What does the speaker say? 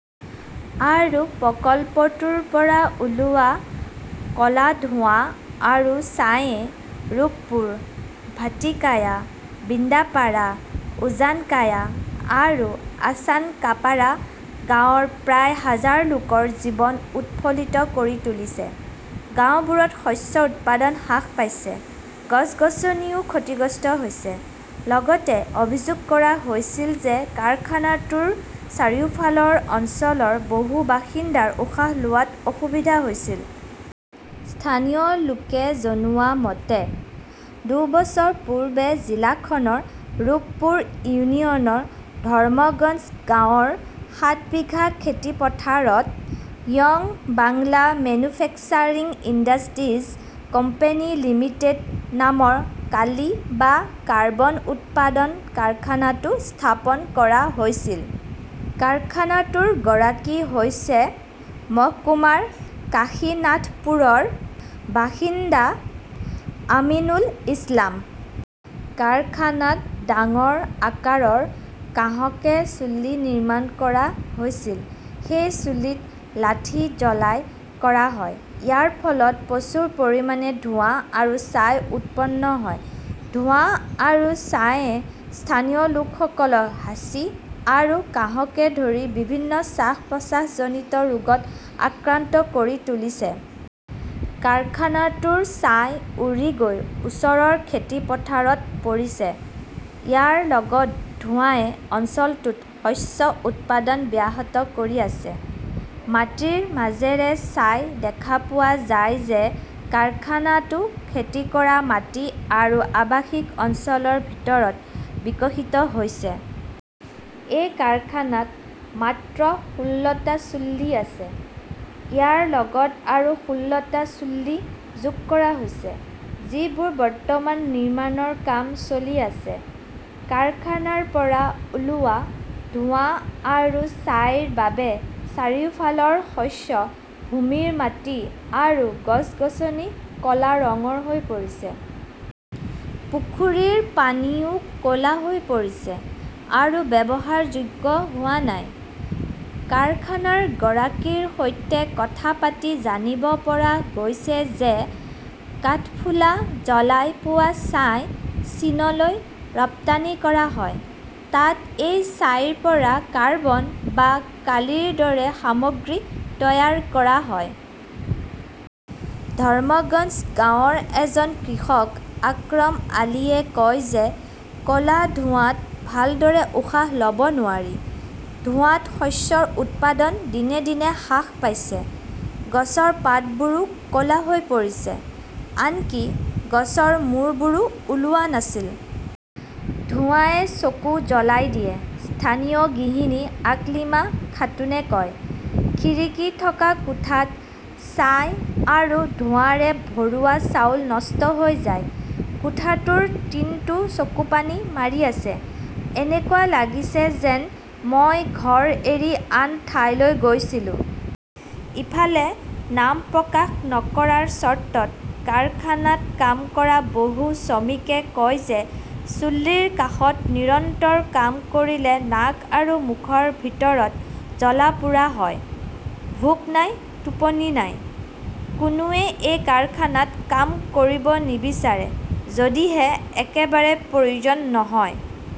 আৰু প্ৰকল্পটোৰ পৰা ওলোৱা ক 'লা ধোঁৱা আৰু ছাইয়ে ৰূপপুৰ, ভাটিকায়া, বৃন্দাপাৰা, উজানকায়া আৰু আচানকাপাৰা গাঁৱৰ প্ৰায় হাজাৰ লোকৰ জীৱন উৎফুল্লিত কৰি তুলিছে। গাওঁবোৰত শস্যৰ উৎপাদন হ্ৰাস পাইছে, গছ-গছনিও ক্ষতিগ্ৰস্ত হৈছে। লগতে অভিযোগ কৰা হৈছিল যে কাৰখানাটোৰ চাৰিওফালৰ অঞ্চলৰ বহু বাসিন্দাৰ উশাহ লোৱাত অসুবিধা হৈছিল। স্থানীয় লোকে জনোৱা মতে, দুবছৰ পূৰ্বে জিলাখনৰ ৰূপপুৰ ইউনিয়নৰ ধৰ্মগঞ্জ গাঁৱৰ সাত বিঘা খেতি পথাৰত 'Young Bangla Manufacturing Industries Company Limited' নামৰ কালি বা কাৰ্বন উৎপাদন কাৰখানাটো স্থাপন কৰা হৈছিল। কাৰখানাটোৰ গৰাকী হৈছে মহকুমাৰ কাশীনাথপুৰৰ বাসিন্দা আমিনুল ইছলাম। কাৰখানাত ডাঙৰ আকাৰৰ কাঁহকে চুল্লি নিৰ্মাণ কৰা হৈছিল। সেই চুলিত লাঠি জ্বলাই কৰা হয়। ইয়াৰ ফলত প্ৰচুৰ পৰিমাণে ধোঁৱা আৰু ছাই উৎপন্ন হয়। ধোঁৱা আৰু ছাইয়ে স্থানীয় লোকসকলক হাঁচি আৰু কাঁহকে ধৰি বিভিন্ন শ্বাস-প্ৰশ্বাসজনিত ৰোগত আক্ৰান্ত কৰি তুলিছে। কাৰখানাটোৰ ছাই উৰি গৈ ওচৰৰ খেতি পথাৰত পৰিছে। ইয়াৰ লগত ধোঁৱাই অঞ্চলটোত শস্য উৎপাদন ব্যাহত কৰি আছে। মাটিৰ মাজেৰে চাই দেখা পোৱা যায় যে কাৰখানাটো খেতি কৰা মাটি আৰু আৱাসিক অঞ্চলৰ ভিতৰত বিকশিত হৈছে। এই কাৰখানাত মাত্ৰ ষোল্লটা চুল্লি আছে। ইয়াৰ লগত আৰু ষোল্লটা চুল্লি যোগ কৰা হৈছে, যিবোৰ বৰ্তমান নিৰ্মাণৰ কাম চলি আছে। কাৰখানাৰ পৰা ওলোৱা ধোঁৱা আৰু ছাইৰ বাবে চাৰিওফালৰ শস্য ভূমিৰ মাটি আৰু গছ-গছনি ক 'লা ৰঙৰ হৈ পৰিছে। পুখুৰীৰ পানীও ক 'লা হৈ পৰিছে আৰু ব্যৱহাৰযোগ্য হোৱা নাই। কাৰখানাৰ গৰাকীৰ সৈতে কথা পাতি জানিব পৰা গৈছে যে কাঠফুলা জ্বলাই পোৱা ছাই চীনলৈ ৰপ্তানি কৰা হয়। তাত এই ছাইৰ পৰা কাৰ্বন বা কালিৰ দৰে সামগ্ৰী তৈয়াৰ কৰা হয়। ধৰ্মগঞ্জ গাঁৱৰ এজন কৃষক আকৰম আলীয়ে কয় যে ক 'লা ধোঁৱাত ভালদৰে উশাহ ল'ব নোৱাৰি। ধোঁৱাত শস্যৰ উৎপাদন দিনে দিনে হ্ৰাস পাইছে। গছৰ পাতবোৰ ক 'লা হৈ পৰিছে। আনকি গছৰ মূৰবোৰো ওলোৱা নাছিল। ধোঁৱাই চকু জ্বলাই দিয়ে, স্থানীয় গৃহিণী আকলিমা খাতুনে কয়। খিৰিকী থকা কোঠাত ছাই আৰু ধোঁৱাৰে ভৰোৱা চাউল নষ্ট হৈ যায়। কোঠাটোৰ টিনটো চকুপানী মাৰি আছে। এনেকুৱা লাগিছে যেন মই ঘৰ এৰি আন ঠাইলৈ গৈছিলো। ইফালে, নাম প্ৰকাশ নকৰাৰ চৰ্তত কাৰখানাত কাম কৰা বহু শ্ৰমিকে কয় যে, চুল্লীৰ কাষত নিৰন্তৰ কাম কৰিলে নাক আৰু মুখৰ ভিতৰত জ্বলা-পোৰা হয়। ভোক নাই, টোপনি নাই। কোনোৱে এই কাৰখানাত কাম কৰিব নিবিচাৰে যদিহে একেবাৰে প্ৰয়োজন নহয়।